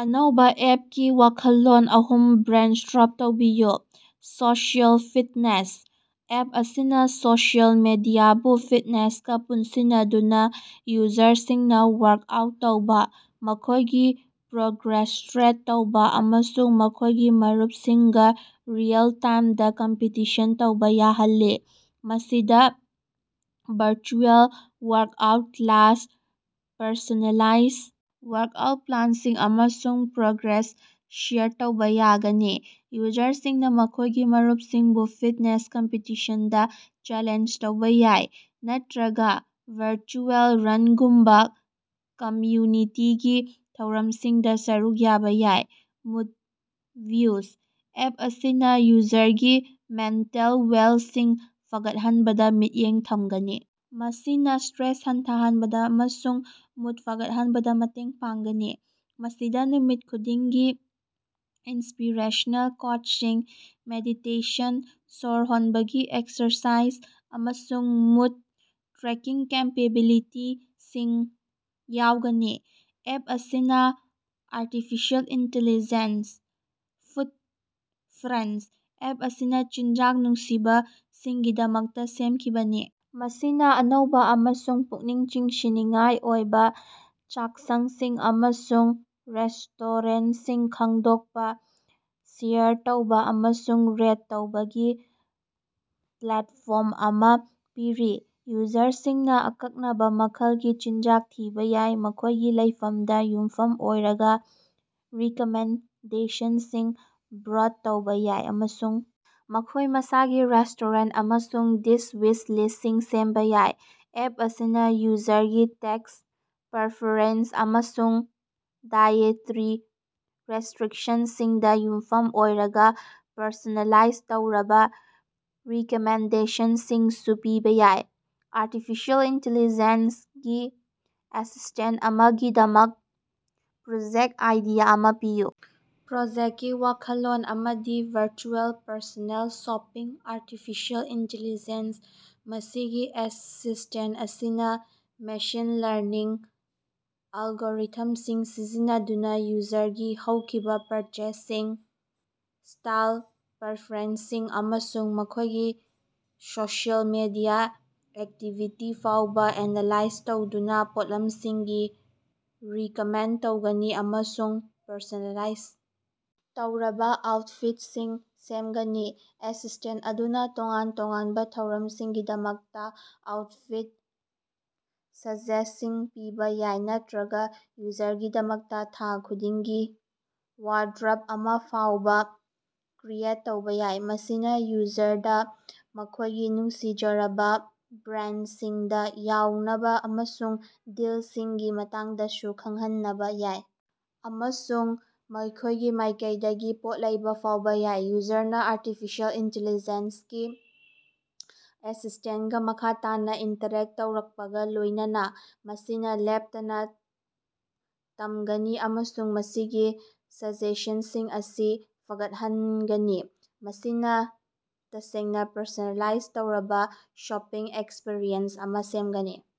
ꯑꯅꯧꯕꯥ ꯑꯦꯞꯀꯤ ꯋꯥꯈꯜꯂꯣꯟ ꯑꯍꯨꯝ ꯕ꯭ꯔꯦꯟꯁ꯭ꯇꯣꯔꯝ ꯇꯧꯕꯤꯌꯨ꯫ ꯁꯣꯁꯤꯑꯦꯜ ꯐꯤꯠꯅꯦꯁ: ꯑꯦꯞ ꯑꯁꯤꯅ ꯁꯣꯁꯤꯑꯦꯜ ꯃꯤꯗꯤꯌꯥꯕꯨ ꯐꯤꯠꯅꯦꯁꯀꯥ ꯄꯨꯟꯁꯤꯟꯅꯗꯨꯅ ꯌꯨꯖꯔꯁꯤꯡꯅ ꯋꯥꯔꯛꯑꯥꯎꯠ ꯇꯧꯕ, ꯃꯈꯣꯏꯒꯤ ꯄ꯭ꯔꯣꯒ꯭ꯔꯦꯁ ꯇ꯭ꯔꯦꯛ ꯇꯧꯕ ꯑꯃꯁꯨꯡ ꯃꯈꯣꯏꯒꯤ ꯃꯔꯨꯞꯁꯤꯡꯒ ꯔꯤꯑꯦꯜ-ꯇꯥꯏꯝꯗꯥ ꯀꯝꯄꯤꯇꯤꯁꯟ ꯇꯧꯕ ꯌꯥꯍꯜꯂꯤ꯫ ꯃꯁꯤꯗ ꯚꯔꯆꯨꯑꯦꯜ ꯋꯥꯔꯛꯑꯥꯎꯠ ꯀ꯭ꯂꯥꯁꯁꯤꯡ, ꯄꯔꯁꯣꯅꯦꯂꯥꯏꯖ ꯋꯥꯔꯛꯑꯥꯎꯠ ꯄ꯭ꯂꯥꯟꯁꯤꯡ, ꯑꯃꯁꯨꯡ ꯄ꯭ꯔꯣꯒ꯭ꯔꯦꯁ ꯁꯦꯌꯔ ꯇꯧꯕ ꯌꯥꯎꯒꯅꯤ꯫ ꯌꯨꯖꯔꯁꯤꯡꯅ ꯃꯈꯣꯏꯒꯤ ꯃꯔꯨꯞꯁꯤꯡꯕꯨ ꯐꯤꯠꯅꯦꯁ ꯀꯝꯄꯤꯇꯤꯁꯟꯁꯤꯡꯗꯥ ꯆꯦꯂꯦꯟꯖ ꯇꯧꯕ ꯌꯥꯏ ꯅꯠꯇ꯭ꯔꯒ ꯚꯔꯆꯨꯑꯦꯜ ꯔꯟꯒꯨꯝꯕꯥ ꯀꯝꯃꯌꯨꯅꯤꯇꯤꯒꯤ ꯊꯧꯔꯝꯁꯤꯡꯗ ꯁꯔꯨꯛ ꯌꯥꯕ ꯌꯥꯏ꯫ ꯃꯨꯠ ꯕꯨꯁ: ꯑꯦꯞ ꯑꯁꯤꯅ ꯌꯨꯖꯔꯒꯤ ꯃꯦꯟꯇꯦꯜ ꯋꯦꯜꯁꯤꯡ ꯐꯒꯠꯍꯟꯕꯗ ꯃꯤꯠꯌꯦꯡ ꯊꯝꯒꯅꯤ, ꯃꯁꯤꯅ ꯁꯇ꯭ꯔꯦꯁ ꯍꯟꯊꯍꯟꯕꯗ ꯑꯃꯁꯨꯡ ꯃꯨꯠ ꯐꯒꯠꯍꯟꯕꯗ ꯃꯇꯦꯡ ꯄꯥꯡꯒꯅꯤ꯫ ꯃꯁꯤꯗ ꯅꯨꯃꯤꯠ ꯈꯨꯗꯤꯡꯒꯤ ꯏꯟꯁꯄꯤꯔꯦꯁꯅꯦꯜ ꯀꯣꯠꯁꯤꯡ, ꯃꯦꯗꯤꯇꯦꯁꯟ, ꯁꯣꯔ ꯍꯣꯟꯕꯒꯤ ꯑꯦꯛꯁꯔꯁꯥꯏꯖ, ꯑꯃꯁꯨꯡ ꯃꯨꯠ ꯇ꯭ꯔꯦꯀꯤꯡ ꯀꯦꯄꯦꯕꯤꯂꯤꯇꯤꯁꯤꯡ ꯌꯥꯎꯒꯅꯤ꯫ ꯑꯦꯞ ꯑꯁꯤꯅ artificial intelligence foodie friend: app ꯑꯁꯤ ꯆꯤꯟꯖꯥꯛ ꯅꯨꯡꯁꯤꯕꯁꯤꯡꯒꯤꯗꯃꯛꯇ ꯁꯦꯝꯈꯤꯕꯅꯤ, ꯃꯁꯤꯅ ꯑꯅꯧꯕ ꯑꯃꯁꯨꯡ ꯄꯨꯛꯅꯤꯡ ꯆꯤꯡꯁꯤꯟꯅꯤꯡꯉꯥꯏ ꯑꯣꯏꯕ ꯆꯥꯛꯁꯪꯁꯤꯡ ꯑꯃꯁꯨꯡ ꯔꯦꯁꯇꯣꯔꯦꯟꯁꯤꯡ ꯈꯪꯗꯣꯛꯄ, ꯁꯦꯌꯔ ꯇꯧꯕ ꯑꯃꯁꯨꯡ ꯔꯦꯠ ꯇꯧꯕꯒꯤ ꯄ꯭ꯂꯦꯠꯐꯣꯔꯝ ꯑꯃ ꯄꯤꯔꯤ꯫ ꯌꯨꯖꯔꯁꯤꯡꯅ ꯑꯀꯛꯅꯕ ꯃꯈꯜꯒꯤ ꯆꯤꯟꯖꯥꯛ ꯊꯤꯕ ꯌꯥꯏ, ꯃꯈꯣꯏꯒꯤ ꯂꯩꯐꯝꯗ ꯌꯨꯝꯐꯝ ꯑꯣꯏꯔꯒ ꯔꯤꯀꯃꯦꯟꯗꯦꯁꯟꯁꯤꯡ ꯕ꯭ꯔꯣꯠ ꯇꯧꯕ ꯌꯥꯏ ꯑꯃꯁꯨꯡ ꯃꯈꯣꯏ ꯃꯁꯥꯒꯤ ꯔꯦꯁꯇꯣꯔꯦꯟ ꯑꯃꯁꯨꯡ ꯗꯤꯁ ꯋꯤꯁ ꯂꯤꯁꯁꯤꯡ ꯁꯦꯝꯕ ꯌꯥꯏ꯫ ꯑꯦꯞ ꯑꯁꯤꯅ ꯌꯨꯖꯔꯒꯤ ꯇꯦꯁ ꯄꯔꯐꯦꯔꯦꯟꯁ ꯑꯃꯁꯨꯡ ꯗꯥꯏꯑꯦꯇꯔꯤ ꯔꯦꯁꯇ꯭ꯔꯤꯛꯁꯟꯁꯤꯡꯗ ꯌꯨꯝꯐꯝ ꯑꯣꯏꯔꯒ ꯄꯔꯁꯣꯅꯦꯂꯥꯏꯖ ꯇꯧꯔꯕ ꯔꯤꯀꯃꯦꯟꯗꯦꯁꯟꯁꯤꯡꯁꯨ ꯄꯤꯕ ꯌꯥꯏ꯫ ꯑꯔꯇꯤꯐꯤꯁꯦꯜ ꯏꯟꯇꯤꯂꯤꯖꯦꯟꯁ ꯒꯤ ꯑꯦꯁꯤꯁꯇꯦꯟ ꯑꯃꯒꯤꯗꯃꯛ ꯄ꯭ꯔꯣꯖꯦꯛꯇ ꯑꯥꯏꯗꯤꯌꯥ ꯑꯃ ꯄꯤꯌꯨ꯫ ꯄ꯭ꯔꯣꯖꯦꯛꯀꯤ ꯋꯥꯈꯜꯂꯣꯟ ꯑꯃꯗꯤ virtual personal shopping artificial intelligence ꯃꯁꯤꯒꯤ ꯑꯦꯁꯤꯁꯇꯦꯟ ꯑꯁꯤꯅ ꯃꯦꯁꯤꯟ ꯂꯔꯅꯤꯡ ꯑꯦꯜꯒꯣꯔꯤꯊꯝꯁꯤꯡ ꯁꯤꯖꯤꯟꯅꯗꯨꯅ ꯌꯨꯖꯔꯒꯤ ꯍꯧꯈꯤꯕ ꯄꯔꯆꯦꯖꯁꯤꯡ, ꯁ꯭ꯇꯥꯏꯜ ꯄꯔꯐꯦꯔꯦꯟꯁꯁꯤꯡ, ꯑꯃꯁꯨꯡ ꯃꯈꯣꯏꯒꯤ ꯁꯣꯁꯤꯑꯦꯜ ꯃꯤꯗꯤꯌꯥ ꯑꯦꯛꯇꯤꯚꯤꯇꯤ ꯐꯥꯎꯕ ꯑꯦꯅꯥꯂꯥꯏꯖ ꯇꯧꯗꯨꯅ ꯄꯣꯠꯂꯝꯁꯤꯡꯒꯤ ꯔꯤꯀꯃꯦꯟ ꯇꯧꯒꯅꯤ ꯑꯃꯁꯨꯡ ꯄꯔꯁꯣꯅꯦꯂꯥꯏꯖ ꯇꯧꯔꯕꯥ ꯑꯥꯎꯠꯐꯤꯠꯁꯤꯡ ꯁꯦꯝꯒꯅꯤ꯫ ꯑꯦꯁꯤꯁꯇꯦꯟ ꯑꯗꯨꯅ ꯇꯣꯉꯥꯟ ꯇꯣꯉꯥꯟꯕ ꯊꯧꯔꯝꯁꯤꯡꯒꯤꯗꯃꯛ ꯑꯥꯎꯠꯐꯤꯠ ꯁꯖꯦꯁꯟꯁꯤꯡ ꯄꯤꯕ ꯌꯥꯏ ꯅꯠꯇ꯭ꯔꯒ ꯌꯨꯖꯔꯒꯤꯗꯃꯛꯇ ꯊꯥ ꯈꯨꯗꯤꯡꯒꯤ ꯋꯥꯗ꯭ꯔꯕ ꯑꯃ ꯐꯥꯎꯕ ꯀ꯭ꯔꯤꯌꯦꯠ ꯇꯧꯕ ꯌꯥꯏ꯫ ꯃꯁꯤꯅ ꯌꯨꯖꯔꯗꯥ ꯃꯈꯣꯏꯒꯤ ꯅꯨꯡꯁꯤꯖꯔꯕꯥ ꯕ꯭ꯔꯥꯟꯗꯁꯤꯡꯗ ꯌꯧꯅꯕ ꯑꯃꯁꯨꯡ ꯗꯤꯜꯁꯤꯡꯒꯤ ꯃꯇꯥꯡꯗꯁꯨ ꯈꯪꯍꯟꯅꯕ ꯌꯥꯏ, ꯑꯃꯁꯨꯡ ꯃꯈꯣꯏꯒꯤ ꯃꯥꯏꯀꯩꯗꯒꯤ ꯄꯣꯠ ꯂꯩꯕ ꯐꯥꯎꯕ ꯌꯥꯏ꯫ ꯌꯨꯖꯔꯅꯥ ꯑꯔꯇꯤꯐꯤꯁꯦꯜ ꯏꯟꯇꯤꯂꯤꯖꯦꯟꯁꯒꯤ ꯑꯦꯁꯤꯁꯇꯦꯟꯀꯥ ꯃꯈꯥ ꯇꯥꯅ ꯏꯟꯇꯔꯦꯛ ꯇꯧꯔꯛꯄꯒ ꯂꯣꯏꯅꯅ, ꯃꯁꯤꯅ ꯂꯦꯞꯇꯅ ꯇꯝꯒꯅꯤ ꯑꯃꯁꯨꯡ ꯃꯁꯤꯒꯤ ꯁꯖꯦꯁꯟꯁꯤꯡ ꯑꯁꯤ ꯐꯒꯠꯍꯟꯅꯒꯅꯤ, ꯃꯁꯤꯅ ꯇꯁꯦꯡꯅ ꯄꯔꯁꯣꯅꯦꯂꯥꯏꯖ ꯇꯧꯔꯕ ꯁꯣꯄꯤꯡ ꯑꯦꯛꯁꯄꯤꯔꯤꯑꯦꯟꯁ ꯑꯃ ꯁꯦꯝꯒꯅꯤ꯫